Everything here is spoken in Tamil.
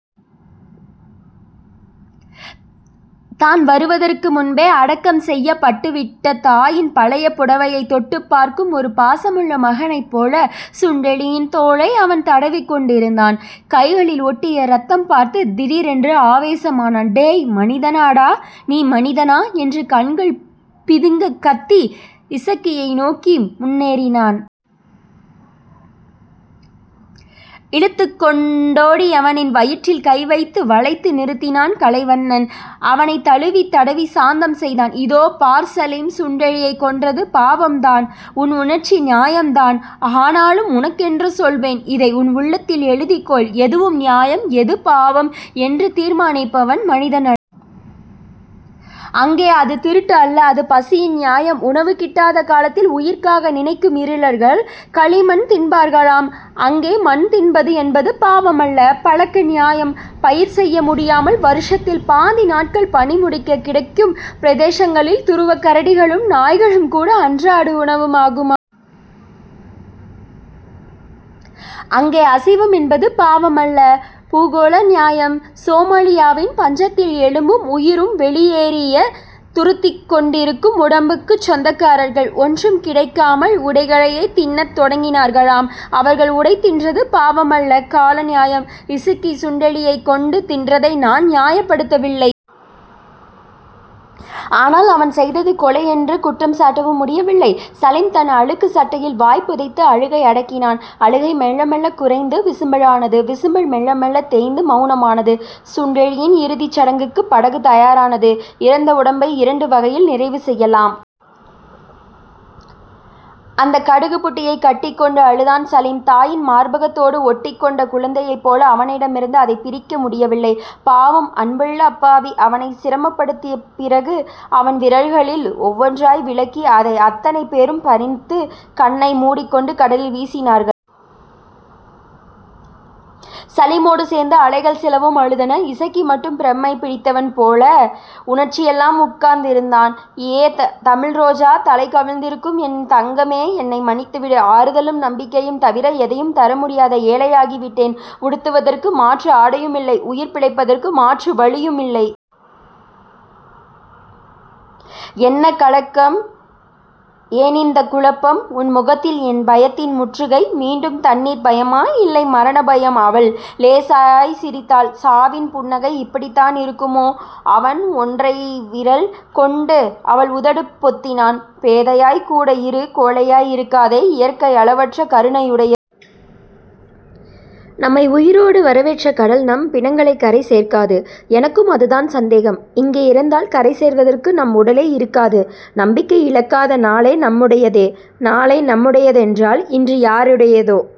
தான் வருவதற்கு முன்பே அடக்கம் செய்யப்பட்டுவிட்ட தாயின் பழைய புடவையைத் தொட்டுப் பார்க்கும் ஒரு பாசமுள்ள மகனைப் போல சுண்டெலியின் தோலை அவன் தடவிக்கொண்டிருந்தான். கைகளில் ஒட்டிய ரத்தம்பார்த்துத் திடீரென்று ஆவேசமானான். டேய், மனிதனாடா. நீ மனிதனா? என்று கண்கள் பிதுங்கக் கத்தி, இசக்கியை நோக்கி முன்னேறினான். இழுத்துக் கொண்டோ டியவனின் வயிற்றில் கைவைத்து வளைத்து நிறுத்தினான் கலைவண்ணன். அவனைத் தழுவித் தடவிச் சாந்தம் செய்தான். இதோ பார் சலீம். சுண்டெலியைக் கொன்றது பாவம்தான். உன் உணர்ச்சி நியாயம்தான். ஆனாலும் உனக்கென்று சொல்வேன். இதை உன் உள்ளத்தில் எழுதிக்கொள். எது நியாயம், எது பாவம், என்று தீர்மானிப்பவன் மனிதனல். அங்கே அது திருட்டு அல்ல. அது பசியின் நியாயம். உணவு கிட்டாத காலத்தில் உயிர்காக்க நினைக்கும் இருளர்கள், களிமண் தின்பார்களாம். அங்கே மண் தின்பது என்பது பாவமல்ல. பழக்க நியாயம். பயிர் செய்ய முடியாமல் வருஷத்தில் பாதி நாட்கள் பனிமுடிக்க கிடக்கும் பிரதேசங்களில் துருவக்கரடிகளும் நாய்களும்கூட அன்றாட உணவாகுமாம். அங்கே அசைவம் என்பது பாவமல்ல. பூகோள நியாயம். சோமாலியாவின் பஞ்சத்தில் எலும்பும் உயிரும் வெளியேறியத் துருத்திக் கொண்டிருக்கும் உடம்புக்குச் சொந்தக்காரர்கள் ஒன்றும் கிடைக்காமல் உடைகளையே தின்னத் தொடங்கினார்களாம். அவர்கள் உடை தின்றது பாவமல்ல. கால நியாயம். இசக்கி சுண்டெலியைக் கொன்று தின்றதை நான் நியாயப்படுத்த வில்லை. ஆனால், அவன் செய்தது கொலை என்று குற்றம்சாட்டவும் முடியவில்லை. சலீம் தன் அழுக்குச் சட்டையில் வாய் புதைத்து அழுகை அடக்கினான். அழுகை மெல்ல மெல்லக் குறைந்து விசும்பலானது. விசும்பல் மெல்ல மெல்லத் தேய்ந்து மெளனமானது. சுண்டெலியின் இறுதிச் சடங்குக்குப் படகு தயாரானது. இறந்த உடம்பை இரண்டு வகையில் நிறைவு செய்யலாம். அந்தக் கடுகுப் புட்டியைக் கட்டிக் கொண்டு அழுதான் சலீம். தாயின் மார்பகத்தோடு ஒட்டிக் கொண்ட குழந்தையைப் போல் அவனிடமிருந்து அதைப் பிரிக்க முடியவில்லை. பாவம். அன்புள்ள அப்பாவி. அவனைச் சிரமப்படுத்திப் பிறகு, அவன் விரல்களில் ஒவ்வொன்றாய் விலக்கி, அதை அத்தனை பேரும் பறித்துக் கண்ணை முடிக்கொண்டு கடலில் வீசினார்கள். சலீமோடு சேர்ந்து அலைகள் சிலவும் அழுதன. இசக்கி மட்டும் பிரமைப் பிடித்தவன் போல உணர்ச்சியில்லாமல் உட்கார்ந்திருந்தான். ஏ தமிழ்ரோஜா. தலை கவிழ்ந்திருக்கும் என் தங்கமே. என்னை மன்னித்துவிடு. ஆறுதலும் நம்பிக்கையும் தவிர எதையும் தர முடியாத ஏழையாகிவிட்டேன். உடுத்துவதற்கு மாற்று ஆடையுமில்லை. உயிர் பிழைப்பதற்கு மாற்று வழியுமில்லை. என்ன கலக்கம். ஏனிந்தக் குழப்பம். உன் முகத்தில் என்ன பயத்தின் முற்றுகை. மீண்டும் தண்ணீர் பயமா? இல்லை. மரணபயம் அவள் லேசாய்ச் சிரித்தாள். சாவின் புன்னகை இப்படித்தானிருக்குமோ? அவன் ஒன்றைவிரல் கொண்டு அவள் உதடு பொத்தினான். பேதையாய்க்கூட இரு. கோழையாய் இருக்காதே. இயற்கை அளவற்ற கருணையுடைய. நம்மை உயிரோடு வரவேற்ற கடல் நம் பிணங்களைக் கரை சேர்க்காது. எனக்கும் அதுதான் சந்தேகம். இங்கே இறந்தால் கரை சேர்வதற்கு நம் உடலே இருக்காது நம்பிக்கை இழக்காதே நாளை நம்முடையதே. நாளை நம்முடையதென்றால் இன்று யாருடையதோ?